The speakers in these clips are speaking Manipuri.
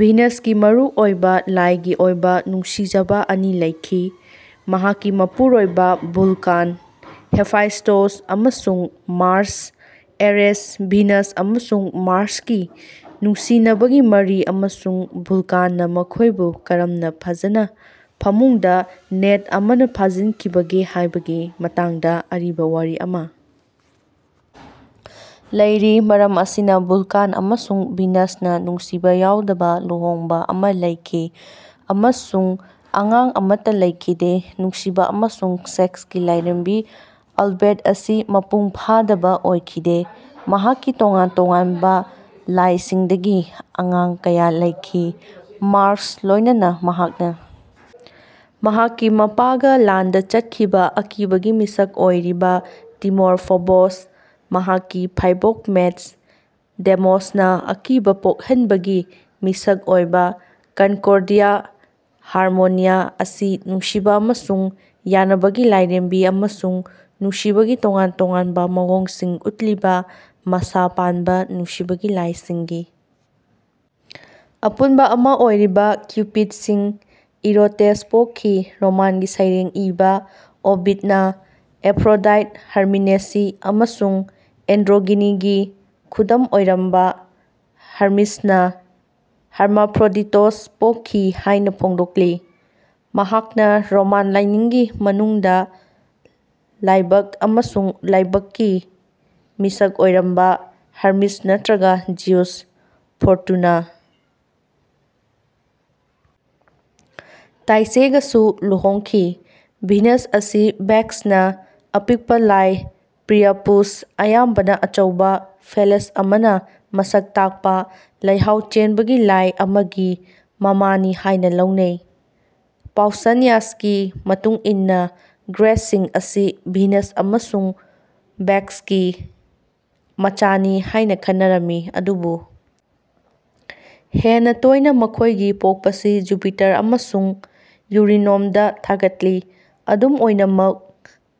ꯚꯤꯅꯁꯀꯤ ꯃꯔꯨꯑꯣꯏꯕ ꯂꯥꯏꯒꯤ ꯑꯣꯏꯕ ꯅꯨꯡꯁꯤꯖꯕ ꯑꯅꯤ ꯂꯩꯈꯤ: ꯃꯍꯥꯛꯀꯤ ꯃꯄꯨꯔꯣꯏꯕ ꯚꯨꯜꯀꯥꯟ (ꯍꯦꯐꯥꯏꯁ꯭ꯇꯣꯁ) ꯑꯃꯁꯨꯡ ꯃꯥꯔ꯭ꯁ (ꯑꯦꯔꯦꯁ)꯫ ꯚꯤꯅꯁ ꯑꯃꯁꯨꯡ ꯃꯥꯔ꯭ꯁꯀꯤ ꯅꯨꯡꯁꯤꯅꯕꯒꯤ ꯃꯔꯤ ꯑꯃꯁꯨꯡ ꯚꯨꯜꯀꯥꯟꯅ ꯃꯈꯣꯏꯕꯨ ꯀꯔꯝꯅ ꯐꯖꯅ ꯐꯃꯨꯡꯗ ꯅꯦꯠ ꯑꯃꯅ ꯐꯥꯖꯤꯟꯈꯤꯕꯒꯦ ꯍꯥꯏꯕꯒꯤ ꯃꯇꯥꯡꯗ ꯑꯔꯤꯕ ꯋꯥꯔꯤ ꯑꯃ ꯂꯩꯔꯤ꯫ ꯃꯔꯝ ꯑꯁꯤꯅ ꯚꯨꯜꯀꯥꯟ ꯑꯃꯁꯨꯡ ꯚꯤꯅꯁꯅ ꯅꯨꯡꯁꯤꯕ ꯌꯥꯎꯗꯕ ꯂꯨꯍꯣꯡꯕ ꯑꯃ ꯂꯩꯈꯤ ꯑꯃꯁꯨꯡ ꯑꯉꯥꯡ ꯑꯃꯠꯇ ꯂꯩꯈꯤꯗꯦ꯫ ꯅꯨꯡꯁꯤꯕ ꯑꯃꯁꯨꯡ ꯁꯦꯛꯁꯀꯤ ꯂꯥꯏꯔꯦꯝꯕꯤ ꯑꯜꯕꯦꯠ ꯑꯁꯤ ꯃꯄꯨꯡ ꯐꯥꯗꯕ ꯑꯣꯏꯈꯤꯗꯦ; ꯃꯍꯥꯛꯀꯤ ꯇꯣꯉꯥꯟ-ꯇꯣꯉꯥꯟꯕ ꯂꯥꯏꯁꯤꯡꯗꯒꯤ ꯑꯉꯥꯡ ꯀꯌꯥ ꯂꯩꯈꯤ꯫ ꯃꯥꯔ꯭ꯁꯀ ꯂꯣꯏꯅꯅ, ꯃꯍꯥꯛꯅ ꯃꯍꯥꯛꯀꯤ ꯃꯄꯥꯒ ꯂꯥꯟꯗ ꯆꯠꯈꯤꯕ ꯑꯀꯤꯕꯒꯤ ꯃꯤꯁꯛ ꯑꯣꯏꯔꯤꯕ ꯇꯤꯃꯣꯔ (ꯐꯣꯕꯣꯁ), ꯃꯍꯥꯛꯀꯤ ꯐꯥꯏꯕꯣꯛ ꯃꯦꯇꯁ (ꯗꯦꯏꯃꯣꯁ)ꯅ ꯑꯀꯤꯕ ꯄꯣꯛꯍꯟꯕꯒꯤ ꯃꯤꯁꯛ ꯑꯣꯏꯕ, ꯀꯟꯀꯣꯔꯗꯤꯌꯥ (ꯍꯥꯔꯃꯣꯅꯤꯌꯥ) ꯑꯁꯤ ꯅꯨꯡꯁꯤꯕ ꯑꯃꯁꯨꯡ ꯌꯥꯅꯕꯒꯤ ꯂꯥꯏꯔꯦꯝꯕꯤ, ꯑꯃꯁꯨꯡ ꯅꯨꯡꯁꯤꯕꯒꯤ ꯇꯣꯉꯥꯟ-ꯇꯣꯉꯥꯟꯕ ꯃꯑꯣꯡꯁꯤꯡ ꯎꯠꯂꯤꯕ ꯃꯁꯥ ꯄꯥꯟꯕ ꯅꯨꯡꯁꯤꯕꯒꯤ ꯂꯥꯏꯁꯤꯡꯒꯤ ꯑꯄꯨꯟꯕ ꯑꯃ ꯑꯣꯏꯔꯤꯕ ꯀ꯭ꯌꯨꯄꯤꯠꯁꯤꯡ (ꯏꯔꯣꯇꯦꯁ) ꯄꯣꯛꯈꯤ꯫ꯔꯣꯃꯥꯟꯒꯤ ꯁꯩꯔꯦꯡ ꯏꯕ ꯑꯣꯕꯤꯗꯅ ꯑꯦꯐ꯭ꯔꯣꯗꯥꯏꯠ ꯍꯔꯃꯤꯅꯦꯁꯤ ꯑꯃꯁꯨꯡ ꯑꯦꯟꯗ꯭ꯔꯣꯒꯤꯅꯤꯒꯤ ꯈꯨꯗꯝ ꯑꯣꯏꯔꯝꯕ ꯍꯔꯃꯤꯁꯅ ꯍꯔꯃꯥꯐ꯭ꯔꯣꯗꯤꯇꯣꯁ ꯄꯣꯛꯈꯤ ꯍꯥꯏꯅ ꯐꯣꯡꯗꯣꯛꯂꯤ꯫ ꯃꯍꯥꯛꯅ ꯔꯣꯃꯥꯟ ꯂꯥꯏꯅꯤꯡꯒꯤ ꯃꯅꯨꯡꯗ ꯂꯥꯏꯕꯛ ꯑꯃꯁꯨꯡ ꯂꯥꯏꯕꯛꯀꯤ ꯃꯤꯁꯛ ꯑꯣꯏꯔꯝꯕ ꯍꯔꯃꯤꯁ ꯅꯠꯇ꯭ꯔꯒ ꯖꯤꯎꯁ, ꯐꯣꯔꯇꯨꯅꯥ (ꯇꯥꯏꯆꯦ)ꯒꯁꯨ ꯂꯨꯍꯣꯡꯈꯤ꯫ ꯚꯤꯅꯁ ꯑꯁꯤ ꯕꯦꯛꯁꯅ ꯑꯄꯤꯛꯄ ꯂꯥꯏ ꯄ꯭ꯔꯤꯌꯥꯄꯨꯁ (ꯑꯌꯥꯝꯕꯅ ꯑꯆꯧꯕ ꯐꯦꯂꯁ ꯑꯃꯅ ꯃꯁꯛ ꯇꯥꯛꯄ ꯂꯩꯍꯥꯎ ꯆꯦꯟꯕꯒꯤ ꯂꯥꯏ ꯑꯃ)ꯒꯤ ꯃꯃꯥꯅꯤ ꯍꯥꯏꯅ ꯂꯧꯅꯩ꯫ ꯄꯥꯎꯁꯥꯅꯤꯌꯥꯁꯀꯤ ꯃꯇꯨꯡ ꯏꯟꯅ, ꯒ꯭ꯔꯦꯁꯁꯤꯡ ꯑꯁꯤ ꯚꯤꯅꯁ ꯑꯃꯁꯨꯡ ꯕꯦꯛꯆꯁꯀꯤ ꯃꯆꯥꯅꯤ ꯍꯥꯏꯅ ꯈꯟꯅꯔꯝꯃꯤ, ꯑꯗꯨꯕꯨ ꯍꯦꯟꯅ ꯇꯣꯏꯅ ꯃꯈꯣꯏꯒꯤ ꯄꯣꯛꯄꯁꯤ ꯖꯨꯄꯤꯇꯔ ꯑꯃꯁꯨꯡ ꯌꯨꯔꯤꯅꯣꯝꯗ ꯊꯥꯒꯠꯂꯤ꯫ ꯑꯗꯨꯝ ꯑꯣꯏꯅꯃꯛ,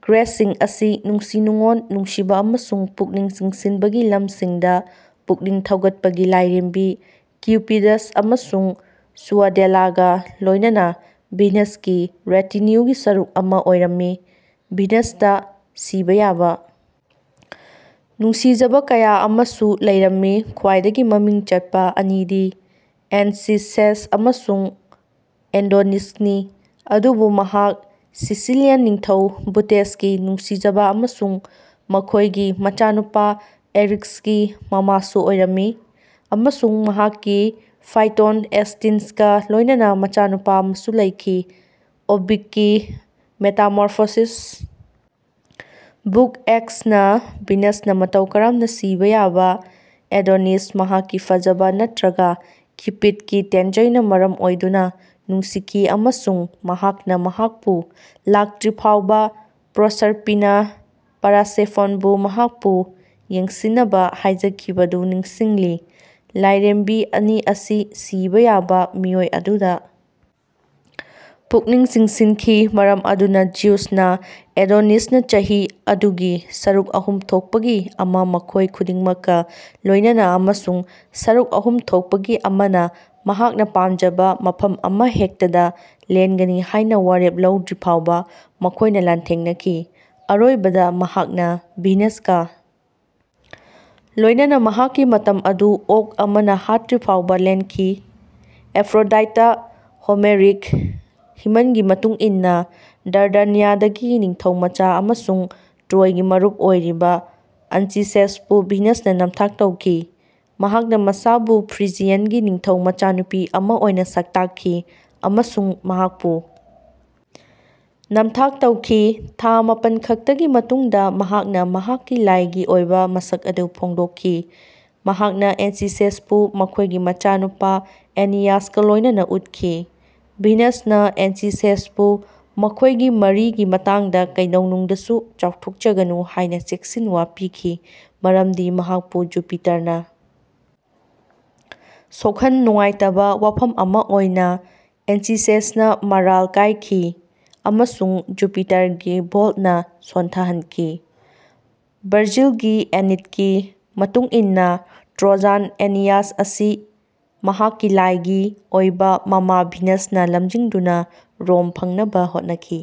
ꯒ꯭ꯔꯦꯁꯁꯤꯡ ꯑꯁꯤ ꯅꯨꯡꯁꯤ-ꯅꯨꯡꯑꯣꯟ, ꯅꯨꯡꯁꯤꯕ ꯑꯃꯁꯨꯡ ꯄꯨꯛꯅꯤꯡ ꯆꯤꯡꯁꯤꯟꯕꯒꯤ ꯂꯝꯁꯤꯡꯗ ꯄꯨꯛꯅꯤꯡ ꯊꯧꯒꯠꯄꯒꯤ ꯂꯥꯏꯔꯦꯝꯕꯤ ꯀ꯭ꯌꯨꯄꯤꯗ꯭ꯁ ꯑꯃꯁꯨꯡ ꯁꯨꯑꯗꯦꯂꯥꯒ ꯂꯣꯏꯅꯅ ꯚꯤꯅꯁꯀꯤ ꯔꯦꯇꯤꯅ꯭ꯌꯨꯒꯤ ꯁꯔꯨꯛ ꯑꯃ ꯑꯣꯏꯔꯝꯃꯤ꯫ ꯚꯤꯅꯁꯇ ꯁꯤꯕ ꯌꯥꯕ ꯅꯨꯡꯁꯤꯖꯕ ꯀꯌꯥ ꯑꯃꯁꯨ ꯂꯩꯔꯝꯃꯤ꯫ ꯈ꯭ꯋꯥꯏꯗꯒꯤ ꯃꯃꯤꯡ ꯆꯠꯄ ꯑꯅꯤꯗꯤ ꯑꯦꯟꯆꯤꯁꯦꯁ ꯑꯃꯁꯨꯡ ꯑꯦꯗꯣꯅꯤꯁꯅꯤ, ꯑꯗꯨꯕꯨ ꯃꯍꯥꯛ ꯁꯤꯁꯤꯂꯤꯌꯟ ꯅꯤꯡꯊꯧ ꯕꯨꯇꯦꯁꯀꯤ ꯅꯨꯡꯁꯤꯖꯕ ꯑꯃꯁꯨꯡ ꯃꯈꯣꯏꯒꯤ ꯃꯆꯥꯅꯨꯄꯥ ꯑꯦꯔꯤꯛꯁꯀꯤ ꯃꯃꯥꯁꯨ ꯑꯣꯏꯔꯝꯃꯤ, ꯑꯃꯁꯨꯡ ꯃꯍꯥꯛꯀꯤ ꯐꯥꯏꯊꯣꯟ, ꯑꯦꯁꯇꯤꯟꯁꯀ ꯂꯣꯏꯅꯅ ꯃꯆꯥꯅꯨꯄꯥ ꯑꯃꯁꯨ ꯂꯩꯈꯤ꯫ ꯑꯣꯕꯤꯠꯀꯤ ꯃꯦꯇꯥꯃꯣꯔꯐꯣꯁꯤꯁ (ꯕꯨꯛ ꯑꯦꯛꯁ)ꯅ ꯚꯤꯅꯁꯅ ꯃꯇꯧ ꯀꯔꯝꯅ ꯁꯤꯕ ꯌꯥꯕ ꯑꯦꯗꯣꯅꯤꯁ (ꯃꯍꯥꯛꯀꯤ ꯐꯖꯕ ꯅꯠꯇ꯭ꯔꯒ ꯀ꯭ꯌꯨꯄꯤꯗꯀꯤ ꯇꯦꯟꯖꯩꯅ ꯃꯔꯝ ꯑꯣꯏꯗꯨꯅ) ꯅꯨꯡꯁꯤꯈꯤ ꯑꯃꯁꯨꯡ ꯃꯍꯥꯛꯅ ꯃꯍꯥꯛꯄꯨ ꯂꯥꯛꯇ꯭ꯔꯤꯐꯥꯎꯕ ꯄ꯭ꯔꯣꯁꯔꯄꯤꯅꯥ (ꯄꯔꯁꯦꯐꯣꯟ)ꯕꯨ ꯃꯍꯥꯛꯄꯨ ꯌꯦꯡꯁꯤꯟꯅꯕ ꯍꯥꯏꯖꯈꯤꯕꯗꯨ ꯅꯤꯡꯁꯤꯡꯂꯤ꯫ ꯂꯥꯏꯔꯦꯝꯕꯤ ꯑꯅꯤ ꯑꯁꯤ ꯁꯤꯕ ꯌꯥꯕ ꯃꯤꯑꯣꯏ ꯑꯗꯨꯗ ꯄꯨꯛꯅꯤꯡ ꯆꯤꯡꯁꯤꯟꯈꯤ, ꯃꯔꯝ ꯑꯗꯨꯅ ꯖꯤꯎꯁꯅ ꯑꯦꯗꯣꯅꯤꯁꯅ ꯆꯍꯤ ꯑꯗꯨꯒꯤ ꯁꯔꯨꯛ ꯑꯍꯨꯝ ꯊꯣꯛꯄꯒꯤ ꯑꯃ ꯃꯈꯣꯏ ꯈꯨꯗꯤꯡꯃꯛꯀ ꯂꯣꯏꯅꯅ ꯑꯃꯁꯨꯡ ꯁꯔꯨꯛ ꯑꯍꯨꯝ ꯊꯣꯛꯄꯒꯤ ꯑꯃꯅ ꯃꯍꯥꯛꯅ ꯄꯥꯝꯖꯕ ꯃꯐꯝ ꯑꯃꯍꯦꯛꯇꯗ ꯂꯦꯟꯒꯅꯤ ꯍꯥꯏꯅ ꯋꯥꯔꯦꯞ ꯂꯧꯗ꯭ꯔꯤꯐꯥꯎꯕ ꯃꯈꯣꯏꯅ ꯂꯥꯟꯊꯦꯡꯅꯈꯤ꯫ ꯑꯔꯣꯏꯕꯗ, ꯃꯍꯥꯛꯅ ꯚꯤꯅꯁꯀ ꯂꯣꯏꯅꯅ ꯃꯍꯥꯛꯀꯤ ꯃꯇꯝ ꯑꯗꯨ ꯑꯣꯛ ꯑꯃꯅ ꯍꯥꯠꯇ꯭ꯔꯤꯐꯥꯎꯕ ꯂꯦꯟꯈꯤ꯫ ꯑꯦꯐ꯭ꯔꯣꯗꯥꯏꯠꯇ ꯍꯣꯃꯦꯔꯤꯛ ꯍꯤꯃꯟꯒꯤ ꯃꯇꯨꯡ ꯏꯟꯅ ꯗꯥꯔꯗꯥꯅꯤꯌꯥꯗꯒꯤ ꯅꯤꯡꯊꯧꯃꯆꯥ ꯑꯃꯁꯨꯡ ꯇ꯭ꯔꯣꯏꯒꯤ ꯃꯔꯨꯞ ꯑꯣꯏꯔꯤꯕ ꯑꯟꯆꯤꯁꯦꯁꯄꯨ ꯚꯤꯅꯁꯅ ꯅꯝꯊꯥꯛ ꯇꯧꯈꯤ꯫ ꯃꯍꯥꯛꯅ ꯃꯁꯥꯕꯨ ꯐ꯭ꯔꯤꯖꯤꯌꯟꯒꯤ ꯅꯤꯡꯊꯧ ꯃꯆꯥꯅꯨꯄꯤ ꯑꯃ ꯑꯣꯏꯅ ꯁꯛꯇꯥꯛꯈꯤ ꯑꯃꯁꯨꯡ ꯃꯍꯥꯛꯄꯨ ꯅꯝꯊꯥꯛ ꯇꯧꯈꯤ; ꯊꯥ ꯃꯥꯄꯟ ꯈꯛꯇꯒꯤ ꯃꯇꯨꯡꯗ ꯃꯍꯥꯛꯅ ꯃꯍꯥꯛꯀꯤ ꯂꯥꯏꯒꯤ ꯑꯣꯏꯕ ꯃꯁꯛ ꯑꯗꯨ ꯐꯣꯡꯗꯣꯛꯈꯤ꯫ ꯃꯍꯥꯛꯅ ꯑꯦꯟꯆꯤꯁꯦꯁꯄꯨ ꯃꯈꯣꯏꯒꯤ ꯃꯆꯥꯅꯨꯄꯥ ꯑꯦꯅꯤꯌꯥꯁꯀ ꯂꯣꯏꯅꯅ ꯎꯠꯈꯤ꯫ ꯚꯤꯅꯁꯅ ꯑꯦꯟꯆꯤꯁꯦꯁꯄꯨ ꯃꯈꯣꯏꯒꯤ ꯃꯔꯤꯒꯤ ꯃꯇꯥꯡꯗ ꯀꯩꯗꯧꯉꯩꯗꯁꯨ ꯆꯥꯎꯊꯣꯛꯆꯒꯅꯨ ꯍꯥꯏꯅ ꯆꯦꯛꯁꯤꯟꯋꯥ ꯄꯤꯈꯤ ꯃꯔꯝꯗꯤ ꯃꯍꯥꯛꯄꯨ ꯖꯨꯄꯤꯇꯔꯅ ꯁꯣꯛꯍꯟ ꯅꯨꯡꯉꯥꯏꯇꯕ ꯋꯥꯐꯝ ꯑꯃ ꯑꯣꯏꯅ, ꯑꯦꯟꯆꯤꯁꯦꯁꯅ ꯃꯔꯥꯜ ꯀꯥꯏꯈꯤ ꯑꯃꯁꯨꯡ ꯖꯨꯄꯤꯇꯔꯒꯤ ꯕꯣꯜꯠꯅ ꯁꯣꯟꯊꯍꯟꯈꯤ꯫ ꯚꯔꯖꯤꯜꯒꯤ ꯑꯦꯅꯤꯠꯀꯤ ꯃꯇꯨꯡ ꯏꯟꯅ ꯇ꯭ꯔꯣꯖꯥꯟ ꯑꯦꯅꯤꯌꯥꯁ ꯑꯁꯤ ꯃꯍꯥꯛꯀꯤ ꯂꯥꯏꯒꯤ ꯑꯣꯏꯕ ꯃꯃꯥ ꯚꯤꯅꯁꯅ ꯂꯝꯖꯤꯡꯗꯨꯅ ꯔꯣꯝ ꯐꯪꯅꯕ ꯍꯣꯠꯅꯈꯤ꯫